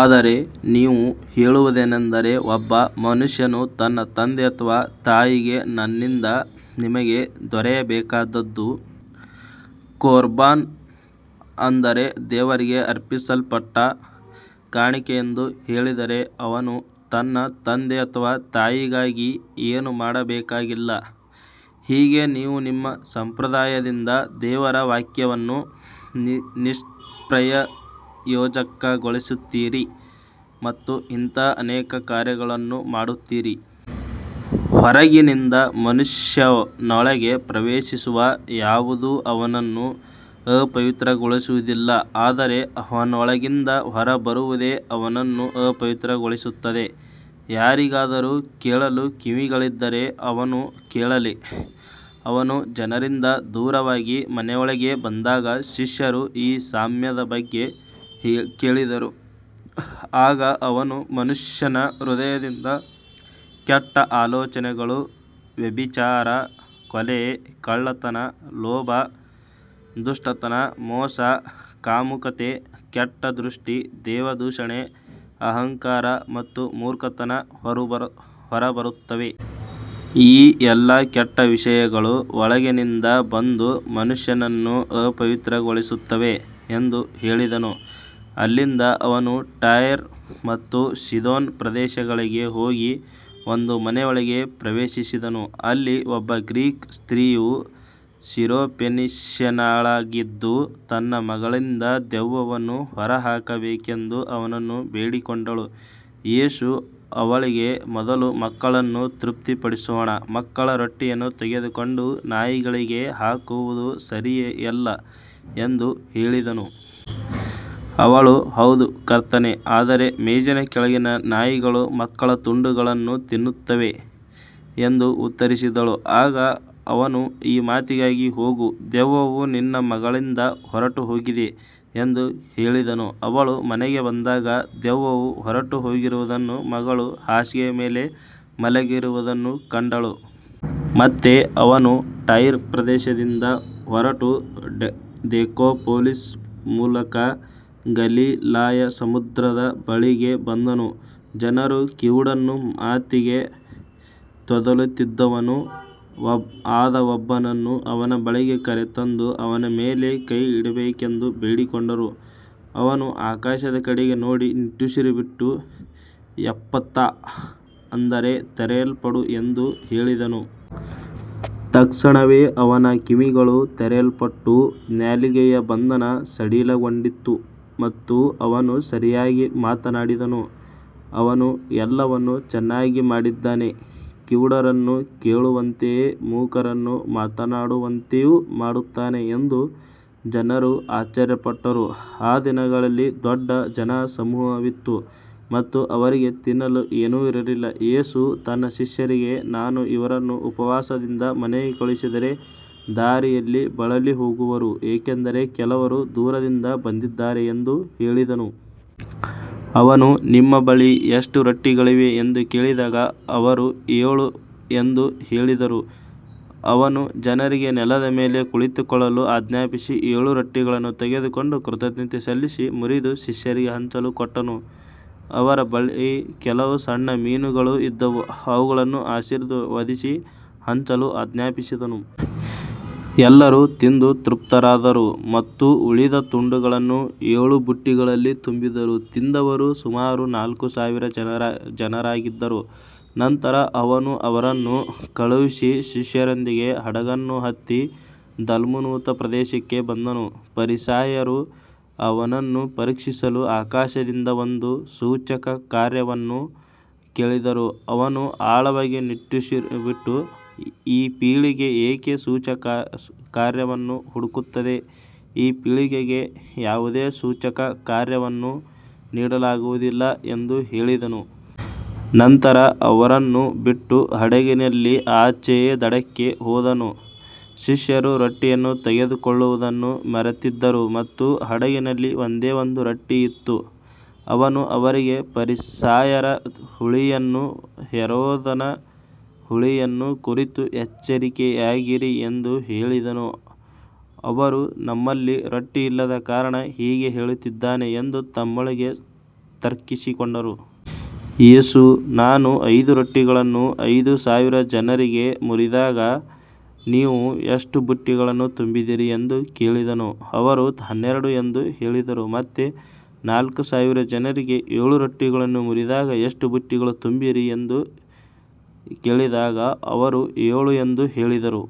ಆದರೆ ನೀವು ಹೇಳುವುದೇನೆಂದರೆ, ಒಬ್ಬ ಮನುಷ್ಯನು ತನ್ನ ತಂದೆ ಅಥವಾ ತಾಯಿಗೆ, ನನ್ನಿಂದ ನಿಮಗೆ ದೊರೆಯಬೇಕಾದದ್ದು ಕೊರ್ಬಾನ್, ಅಂದರೆ ದೇವರಿಗೆ ಅರ್ಪಿಸಲ್ಪಟ್ಟ ಕಾಣಿಕೆ ಎಂದು ಹೇಳಿದರೆ, ಅವನು ತನ್ನ ತಂದೆ ಅಥವಾ ತಾಯಿಗಾಗಿ ಏನೂ ಮಾಡಬೇಕಾಗಿಲ್ಲ. ಹೀಗೆ ನೀವು ನಿಮ್ಮ ಸಂಪ್ರದಾಯದಿಂದ ದೇವರ ವಾಕ್ಯವನ್ನು ನಿಷ್ಪ್ರಯೋಜಕಗೊಳಿಸುತ್ತೀರಿ ಮತ್ತು ಇಂತಹ ಅನೇಕ ಕಾರ್ಯಗಳನ್ನು ಮಾಡುತ್ತೀರಿ. ಹೊರಗಿನಿಂದ ಮನುಷ್ಯನೊಳಗೆ ಪ್ರವೇಶಿಸುವ ಯಾವುದೂ ಅವನನ್ನು ಅಪವಿತ್ರಗೊಳಿಸುವುದಿಲ್ಲ, ಆದರೆ ಅವನೊಳಗಿಂದ ಹೊರಬರುವುದೇ ಅವನನ್ನು ಅಪವಿತ್ರಗೊಳಿಸುತ್ತದೆ. ಯಾರಿಗಾದರೂ ಕೇಳಲು ಕಿವಿಗಳಿದ್ದರೆ ಅವನು ಕೇಳಲಿ. ಅವನು ಜನರಿಂದ ದೂರವಾಗಿ ಮನೆಯೊಳಗೆ ಬಂದಾಗ ಶಿಷ್ಯರು ಈ ಸಾಮ್ಯದ ಬಗ್ಗೆ ಕೇಳಿದರು. ಆಗ ಅವನು, ಮನುಷ್ಯನ ಹೃದಯದಿಂದ ಕೆಟ್ಟ ಆಲೋಚನೆಗಳು, ವ್ಯಭಿಚಾರ, ಕೊಲೆ, ಕಳ್ಳತನ, ಲೋಭ, ದುಷ್ಟತನ, ಮೋಸ, ಕಾಮುಕತೆ, ಕೆಟ್ಟ ದೃಷ್ಟಿ, ದೇವದೂಷಣೆ, ಅಹಂಕಾರ ಮತ್ತು ಮೂರ್ಖತನ ಹೊರಬರುತ್ತವೆ. ಈ ಎಲ್ಲಾ ಕೆಟ್ಟ ವಿಷಯಗಳು ಒಳಗಿನಿಂದ ಬಂದು ಮನುಷ್ಯನನ್ನು ಅಪವಿತ್ರಗೊಳಿಸುತ್ತವೆ ಎಂದು ಹೇಳಿದನು. ಅಲ್ಲಿಂದ ಅವನು ಟೈರ್ ಮತ್ತು ಸೀದೋನ್ ಪ್ರದೇಶಗಳಿಗೆ ಹೋಗಿ ಒಂದು ಮನೆಯೊಳಗೆ ಪ್ರವೇಶಿಸಿದನು. ಅಲ್ಲಿ ಒಬ್ಬ ಗ್ರೀಕ್ ಸ್ತ್ರೀಯು, ಸಿರೊಫೆನಿಷ್ಯಳಾಗಿದ್ದು, ತನ್ನ ಮಗಳಿಂದ ದೆವ್ವವನ್ನು ಹೊರಹಾಕಬೇಕೆಂದು ಅವನನ್ನು ಬೇಡಿಕೊಂಡಳು. ಯೇಸು ಅವಳಿಗೆ, ಮೊದಲು ಮಕ್ಕಳನ್ನು ತೃಪ್ತಿಪಡಿಸೋಣ, ಮಕ್ಕಳ ರೊಟ್ಟಿಯನ್ನು ತೆಗೆದುಕೊಂಡು ನಾಯಿಗಳಿಗೆ ಹಾಕುವುದು ಸರಿಯಲ್ಲ ಎಂದು ಹೇಳಿದನು. ಅವಳು, ಹೌದು ಕರ್ತನೇ, ಆದರೆ ಮೇಜಿನ ಕೆಳಗಿನ ನಾಯಿಗಳೂ ಮಕ್ಕಳ ತುಂಡುಗಳನ್ನು ತಿನ್ನುತ್ತವೆ ಎಂದು ಉತ್ತರಿಸಿದಳು. ಆಗ ಅವನು, ಈ ಮಾತಿಗಾಗಿ ಹೋಗು, ದೆವ್ವವು ನಿನ್ನ ಮಗಳಿಂದ ಹೊರಟುಹೋಗಿದೆ ಎಂದು ಹೇಳಿದನು. ಅವಳು ಮನೆಗೆ ಬಂದಾಗ ದೆವ್ವವು ಹೊರಟುಹೋಗಿರುವುದನ್ನೂ ಮಗಳು ಹಾಸಿಗೆಯ ಮೇಲೆ ಮಲಗಿರುವುದನ್ನೂ ಕಂಡಳು. ಮತ್ತೆ ಅವನು ಟೈರ್ ಪ್ರದೇಶದಿಂದ ಹೊರಟು ದೆಕಾಪೊಲಿಸ್ ಮೂಲಕ ಗಲಿಲಾಯ ಸಮುದ್ರದ ಬಳಿಗೆ ಬಂದನು. ಜನರು ಕಿವುಡನೂ ಮಾತಿಗೆ ತೊದಲುತ್ತಿದ್ದವನೂ ಆದ ಒಬ್ಬನನ್ನು ಅವನ ಬಳಿಗೆ ಕರೆತಂದು ಅವನ ಮೇಲೆ ಕೈ ಇಡಬೇಕೆಂದು ಬೇಡಿಕೊಂಡರು. ಅವನು ಆಕಾಶದ ಕಡೆಗೆ ನೋಡಿ ನಿಟ್ಟುಸಿರುಬಿಟ್ಟು, ಎಫ್ಫಥಾ, ಅಂದರೆ ತೆರೆಯಲ್ಪಡು ಎಂದು ಹೇಳಿದನು. ತಕ್ಷಣವೇ ಅವನ ಕಿವಿಗಳು ತೆರೆಯಲ್ಪಟ್ಟು ನಾಲಿಗೆಯ ಬಂಧನ ಸಡಿಲಗೊಂಡಿತು ಮತ್ತು ಅವನು ಸರಿಯಾಗಿ ಮಾತನಾಡಿದನು. ಅವನು ಎಲ್ಲವನ್ನೂ ಚೆನ್ನಾಗಿ ಮಾಡಿದ್ದಾನೆ, ಕಿವುಡರನ್ನು ಕೇಳುವಂತೆಯೂ ಮೂಕರನ್ನು ಮಾತನಾಡುವಂತೆಯೂ ಮಾಡುತ್ತಾನೆ ಎಂದು ಜನರು ಆಶ್ಚರ್ಯಪಟ್ಟರು. ಆ ದಿನಗಳಲ್ಲಿ ದೊಡ್ಡ ಜನಸಮೂಹವಿತ್ತು ಮತ್ತು ಅವರಿಗೆ ತಿನ್ನಲು ಏನೂ ಇರಲಿಲ್ಲ. ಯೇಸು ತನ್ನ ಶಿಷ್ಯರಿಗೆ, ನಾನು ಇವರನ್ನು ಉಪವಾಸದಿಂದ ಮನೆಗೆ ಕಳುಹಿಸಿದರೆ ದಾರಿಯಲ್ಲಿ ಬಳಲಿಹೋಗುವರು, ಏಕೆಂದರೆ ಕೆಲವರು ದೂರದಿಂದ ಬಂದಿದ್ದಾರೆ ಎಂದು ಹೇಳಿದನು. ಅವನು, ನಿಮ್ಮ ಬಳಿ ಎಷ್ಟು ರೊಟ್ಟಿಗಳಿವೆ ಎಂದು ಕೇಳಿದಾಗ ಅವರು, ಏಳು ಎಂದು ಹೇಳಿದರು. ಅವನು ಜನರಿಗೆ ನೆಲದ ಮೇಲೆ ಕುಳಿತುಕೊಳ್ಳಲು ಆಜ್ಞಾಪಿಸಿ, ಏಳು ರೊಟ್ಟಿಗಳನ್ನು ತೆಗೆದುಕೊಂಡು ಕೃತಜ್ಞತೆ ಸಲ್ಲಿಸಿ ಮುರಿದು ಶಿಷ್ಯರಿಗೆ ಹಂಚಲು ಕೊಟ್ಟನು. ಅವರ ಬಳಿ ಕೆಲವು ಸಣ್ಣ ಮೀನುಗಳೂ ಇದ್ದವು. ಅವುಗಳನ್ನು ಆಶೀರ್ವದಿಸಿ ಹಂಚಲು ಆಜ್ಞಾಪಿಸಿದನು. ಎಲ್ಲರೂ ತಿಂದು ತೃಪ್ತರಾದರು ಮತ್ತು ಉಳಿದ ತುಂಡುಗಳನ್ನು ಏಳು ಬುಟ್ಟಿಗಳಲ್ಲಿ ತುಂಬಿದರು. ತಿಂದವರು ಸುಮಾರು ನಾಲ್ಕು ಸಾವಿರ ಜನರಾಗಿದ್ದರು. ನಂತರ ಅವನು ಅವರನ್ನು ಕಳುಹಿಸಿ ಶಿಷ್ಯರೊಂದಿಗೆ ಹಡಗನ್ನು ಹತ್ತಿ ದಲ್ಮನೂತ ಪ್ರದೇಶಕ್ಕೆ ಬಂದನು. ಫರಿಸಾಯರು ಅವನನ್ನು ಪರೀಕ್ಷಿಸಲು ಆಕಾಶದಿಂದ ಒಂದು ಸೂಚಕಕಾರ್ಯವನ್ನು ಕೇಳಿದರು. ಅವನು ಆಳವಾಗಿ ನಿಟ್ಟುಸಿರುಬಿಟ್ಟು, ಈ ಪೀಳಿಗೆ ಏಕೆ ಸೂಚಕಕಾರ್ಯವನ್ನು ಹುಡುಕುತ್ತದೆ, ಈ ಪೀಳಿಗೆಗೆ ಯಾವುದೇ ಸೂಚಕಕಾರ್ಯವನ್ನು ನೀಡಲಾಗುವುದಿಲ್ಲ ಎಂದು ಹೇಳಿದನು. ನಂತರ ಅವರನ್ನು ಬಿಟ್ಟು ಹಡಗಿನಲ್ಲಿ ಆಚೆಯ ದಡಕ್ಕೆ ಹೋದನು. ಶಿಷ್ಯರು ರೊಟ್ಟಿಯನ್ನು ತೆಗೆದುಕೊಳ್ಳುವುದನ್ನು ಮರೆತಿದ್ದರು ಮತ್ತು ಹಡಗಿನಲ್ಲಿ ಒಂದೇ ಒಂದು ರೊಟ್ಟಿ ಇತ್ತು. ಅವನು ಅವರಿಗೆ, ಫರಿಸಾಯರ ಹುಳಿಯನ್ನೂ ಹೆರೋದನ ಹುಳಿಯನ್ನೂ ಕುರಿತು ಎಚ್ಚರಿಕೆಯಾಗಿರಿ ಎಂದು ಹೇಳಿದನು. ಅವರು ನಮ್ಮಲ್ಲಿ ರೊಟ್ಟಿಯಿಲ್ಲದ ಕಾರಣ ಹೀಗೆ ಹೇಳುತ್ತಿದ್ದಾನೆ ಎಂದು ತಮ್ಮೊಳಗೆ ತರ್ಕಿಸಿಕೊಂಡರು. ಯೇಸು, ನಾನು ಐದು ರೊಟ್ಟಿಗಳನ್ನು ಐದು ಸಾವಿರ ಜನರಿಗೆ ಮುರಿದಾಗ ನೀವು ಎಷ್ಟು ಬುಟ್ಟಿಗಳನ್ನು ತುಂಬಿದಿರಿ ಎಂದು ಕೇಳಿದನು. ಅವರು, ಹನ್ನೆರಡು ಎಂದು ಹೇಳಿದರು. ಮತ್ತೆ ನಾಲ್ಕು ಸಾವಿರ ಜನರಿಗೆ ಏಳು ರೊಟ್ಟಿಗಳನ್ನು ಮುರಿದಾಗ ಎಷ್ಟು ಬುಟ್ಟಿಗಳನ್ನು ತುಂಬಿದಿರಿ ಎಂದು ಕೇಳಿದಾಗ ಅವರು, ಏಳು ಎಂದು ಹೇಳಿದರು.